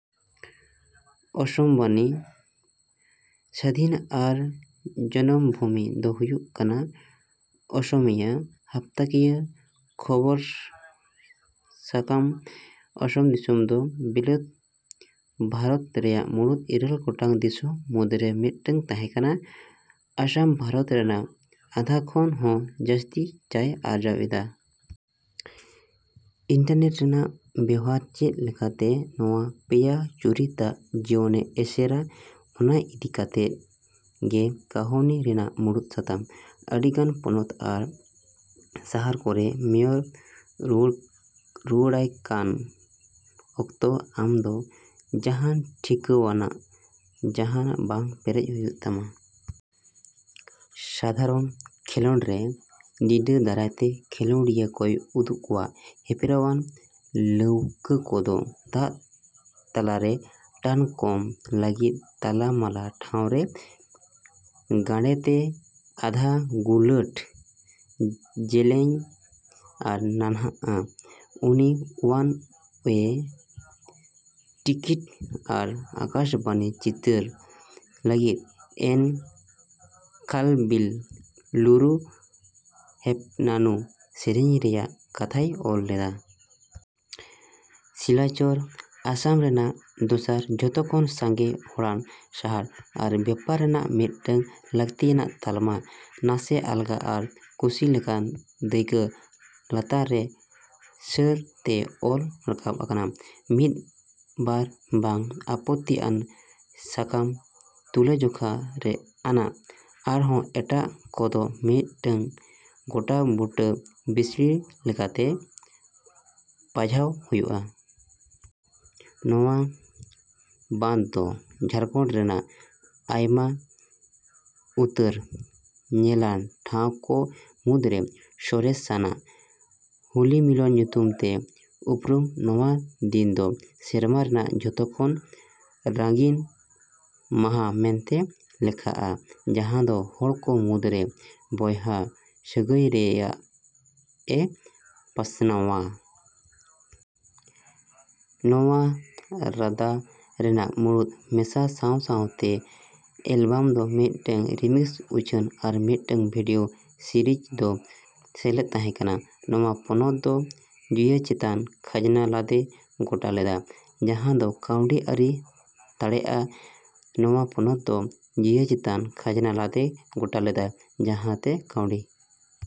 ᱚᱥᱚᱢ ᱵᱟᱱᱤ, ᱥᱟᱫᱤᱱ ᱟᱨ ᱡᱚᱱᱚᱢᱵᱷᱩᱢᱤ ᱫᱚ ᱦᱩᱭᱩᱜ ᱠᱟᱱᱟ ᱚᱥᱚᱢᱤᱭᱟ ᱦᱟᱯᱛᱟᱠᱤᱭᱟᱹ ᱠᱷᱚᱵᱚᱨ ᱥᱟᱠᱟᱢ᱾ ᱚᱥᱚᱢ ᱫᱤᱥᱚᱢ ᱫᱚ ᱵᱤᱞᱟᱹᱛ ᱵᱷᱟᱨᱚᱛ ᱨᱮᱭᱟᱜ ᱢᱩᱬᱩᱫ ᱤᱨᱟᱹᱞ ᱜᱚᱴᱟᱝ ᱫᱤᱥᱚᱢ ᱢᱩᱫᱽ ᱨᱮ ᱢᱤᱫᱴᱟᱝ ᱛᱟᱦᱮᱸ ᱠᱟᱱᱟ᱾ ᱟᱥᱟᱢ ᱵᱷᱟᱨᱚᱛ ᱨᱮᱭᱟᱜ ᱟᱫᱷᱟ ᱠᱷᱚᱱ ᱦᱚᱸ ᱡᱟᱹᱥᱛᱤ ᱪᱟᱭ ᱟᱨᱡᱟᱣ ᱮᱫᱟ᱾ ᱤᱱᱴᱟᱨᱱᱮᱴ ᱨᱮᱭᱟᱜ ᱵᱮᱣᱦᱟᱨ ᱪᱮᱫ ᱞᱮᱠᱟᱛᱮ ᱱᱚᱶᱟ ᱯᱮᱭᱟ ᱪᱩᱨᱤᱛᱟᱜ ᱡᱤᱭᱚᱱᱮ ᱮᱥᱮᱨᱟ ᱚᱱᱟ ᱤᱫᱤ ᱠᱟᱛᱮᱫ ᱜᱮ ᱠᱟᱹᱦᱚᱱᱤ ᱨᱮᱱᱟᱜ ᱢᱩᱬᱩᱫ ᱥᱟᱛᱟᱢ᱾ ᱟᱹᱰᱤᱜᱟᱱ ᱯᱚᱱᱚᱛ ᱟᱨ ᱥᱟᱦᱟᱨ ᱠᱚᱨᱮ ᱢᱮᱭᱚᱨ ᱨᱩᱣᱟᱹᱲᱠᱟᱭ ᱚᱠᱛᱚ ᱟᱢᱫᱚ ᱡᱟᱦᱟᱱ ᱴᱷᱤᱠᱟᱹᱣᱟᱱᱟᱜ ᱡᱟᱦᱟᱱᱟᱜ ᱵᱟᱝ ᱯᱮᱨᱮᱡ ᱦᱩᱭᱩᱜ ᱛᱟᱢᱟ᱾ ᱥᱟᱫᱷᱟᱨᱚᱱ ᱠᱷᱮᱞᱚᱸᱰ ᱨᱮ ᱰᱤᱸᱰᱟ ᱫᱟᱨᱟᱭᱛᱮ ᱠᱷᱮᱞᱚᱸᱰᱤᱭᱟ ᱠᱚᱭ ᱩᱫᱩᱜ ᱠᱚᱶᱟ᱾ ᱦᱮᱯᱨᱟᱣᱟᱱ ᱞᱟᱹᱣᱠᱟᱹ ᱠᱚᱫᱚ ᱫᱟᱜ ᱛᱟᱞᱟᱨᱮ ᱴᱟᱱ ᱠᱚᱢ ᱞᱟᱹᱜᱤᱫ ᱛᱟᱞᱟᱢᱟᱞᱟ ᱴᱷᱟᱶ ᱨᱮ ᱜᱟᱸᱰᱮᱛᱮ ᱟᱫᱷᱟ ᱜᱩᱞᱟᱹᱴ, ᱡᱮᱞᱮᱧ ᱟᱨ ᱱᱟᱱᱦᱟᱜᱼᱟ᱾ ᱩᱱᱤ ᱳᱣᱟᱱ ᱳᱭᱮ ᱴᱤᱠᱤᱴ ᱟᱨ ᱟᱠᱟᱥᱵᱟᱱᱤ ᱪᱤᱛᱟᱹᱨ ᱞᱟᱹᱜᱤᱫ "ᱮᱱ ᱠᱷᱟᱞᱵᱤᱞᱞᱩᱨᱩ ᱯᱮᱱᱱᱟᱱᱩ" ᱥᱮᱨᱮᱧ ᱨᱮᱭᱟᱜ ᱠᱟᱛᱷᱟᱭ ᱚᱞ ᱞᱮᱫᱟ᱾ ᱥᱤᱞᱟᱪᱚᱨ ᱟᱥᱟᱢ ᱨᱮᱭᱟᱜ ᱫᱚᱥᱟᱨ ᱡᱚᱛᱚᱠᱷᱚᱱ ᱥᱟᱸᱜᱮ ᱦᱚᱲᱟᱱ ᱥᱟᱦᱟᱨ ᱟᱨ ᱵᱮᱯᱟᱨ ᱨᱮᱭᱟᱜ ᱢᱤᱫᱴᱟᱝ ᱞᱟᱹᱠᱛᱤᱭᱟᱱ ᱛᱟᱞᱢᱟ᱾ ᱱᱟᱥᱮ ᱟᱞᱜᱟ ᱟᱨ ᱠᱩᱥᱤᱞᱮᱠᱟᱱ ᱫᱟᱹᱭᱠᱟᱹ ᱞᱟᱛᱟᱨ ᱨᱮ ᱥᱟᱹᱨ ᱛᱮ ᱚᱞ ᱨᱟᱠᱟᱵ ᱟᱠᱟᱱᱟ᱾ ᱢᱤᱫ ᱵᱟᱨ ᱵᱟᱝ ᱟᱯᱚᱛᱛᱤ ᱟᱱ ᱼᱥᱟᱠᱟᱢ ᱛᱩᱞᱟᱹᱡᱚᱠᱷᱟ ᱟᱱᱟᱜ, ᱟᱨᱦᱚᱸ ᱮᱴᱟᱜ ᱠᱚᱫᱚ ᱢᱤᱫᱴᱟᱝ ᱜᱚᱴᱟᱵᱩᱴᱟᱹ ᱵᱤᱥᱲᱤ ᱞᱮᱠᱟᱛᱮ ᱯᱟᱸᱡᱟᱶ ᱦᱩᱭᱩᱜᱼᱟ᱾ ᱱᱚᱣᱟ ᱵᱟᱸᱫᱷ ᱫᱚ ᱡᱷᱟᱲᱠᱷᱚᱸᱰ ᱨᱮᱭᱟᱜ ᱟᱭᱢᱟ ᱩᱛᱟᱹᱨ ᱧᱮᱞᱟᱱ ᱴᱷᱟᱶ ᱠᱚ ᱢᱩᱫᱨᱮ ᱥᱚᱨᱮᱥᱟᱱᱟᱜ᱾ ᱦᱳᱞᱤ ᱢᱤᱞᱚᱱ ᱧᱩᱛᱩᱢ ᱛᱮ ᱩᱯᱨᱩᱢ ᱱᱚᱣᱟ ᱫᱤᱱ ᱫᱚ ᱥᱮᱨᱢᱟ ᱨᱮᱱᱟᱜ ᱡᱚᱛᱚᱠᱷᱚᱱ ᱨᱟᱹᱜᱤᱱ ᱢᱟᱦᱟ ᱢᱮᱱᱛᱮ ᱞᱮᱠᱷᱟᱼᱟ, ᱡᱟᱸᱦᱟ ᱫᱚ ᱦᱚᱲ ᱠᱚ ᱢᱩᱫᱨᱮ ᱵᱚᱭᱦᱟ ᱥᱟᱹᱜᱟᱹᱭ ᱨᱮᱭᱟᱜ ᱮ ᱯᱟᱥᱱᱟᱣᱼᱟ᱾ ᱱᱚᱶᱟ ᱨᱟᱸᱫᱟ ᱨᱮᱱᱟᱜ ᱢᱩᱲᱩᱫ ᱢᱮᱥᱟ ᱥᱟᱶ ᱥᱟᱶᱛᱮ ᱮᱞᱵᱟᱢᱫᱚ ᱢᱤᱫᱴᱟᱝ ᱨᱤᱢᱤᱠᱥ ᱩᱪᱷᱟᱹᱱ ᱟᱨ ᱢᱤᱫᱴᱟᱝ ᱵᱷᱤᱰᱤᱳ ᱥᱤᱨᱤᱡ ᱦᱚᱸ ᱥᱮᱞᱮᱫ ᱛᱟᱸᱦᱮ ᱠᱟᱱᱟ᱾ ᱱᱚᱶᱟ ᱯᱚᱱᱚᱛ ᱫᱚ ᱡᱩᱭᱟ ᱪᱮᱛᱟᱱ ᱠᱷᱟᱡᱱᱟ ᱞᱟᱫᱮ ᱜᱚᱴᱟ ᱞᱮᱫᱟ, ᱡᱟᱸᱦᱟᱛᱮ ᱠᱟᱹᱣᱰᱤ ᱟᱹᱨᱤ ᱫᱟᱲᱮᱜᱼᱟ᱾ ᱱᱚᱶᱟ ᱯᱚᱱᱚᱛ ᱫᱚ ᱡᱩᱭᱟ ᱪᱮᱛᱟᱱ ᱠᱷᱟᱡᱱᱟ ᱞᱟᱫᱮ ᱜᱚᱴᱟ ᱞᱮᱫᱟ, ᱡᱟᱸᱦᱟᱛᱮ ᱠᱟᱹᱣᱰᱤ᱾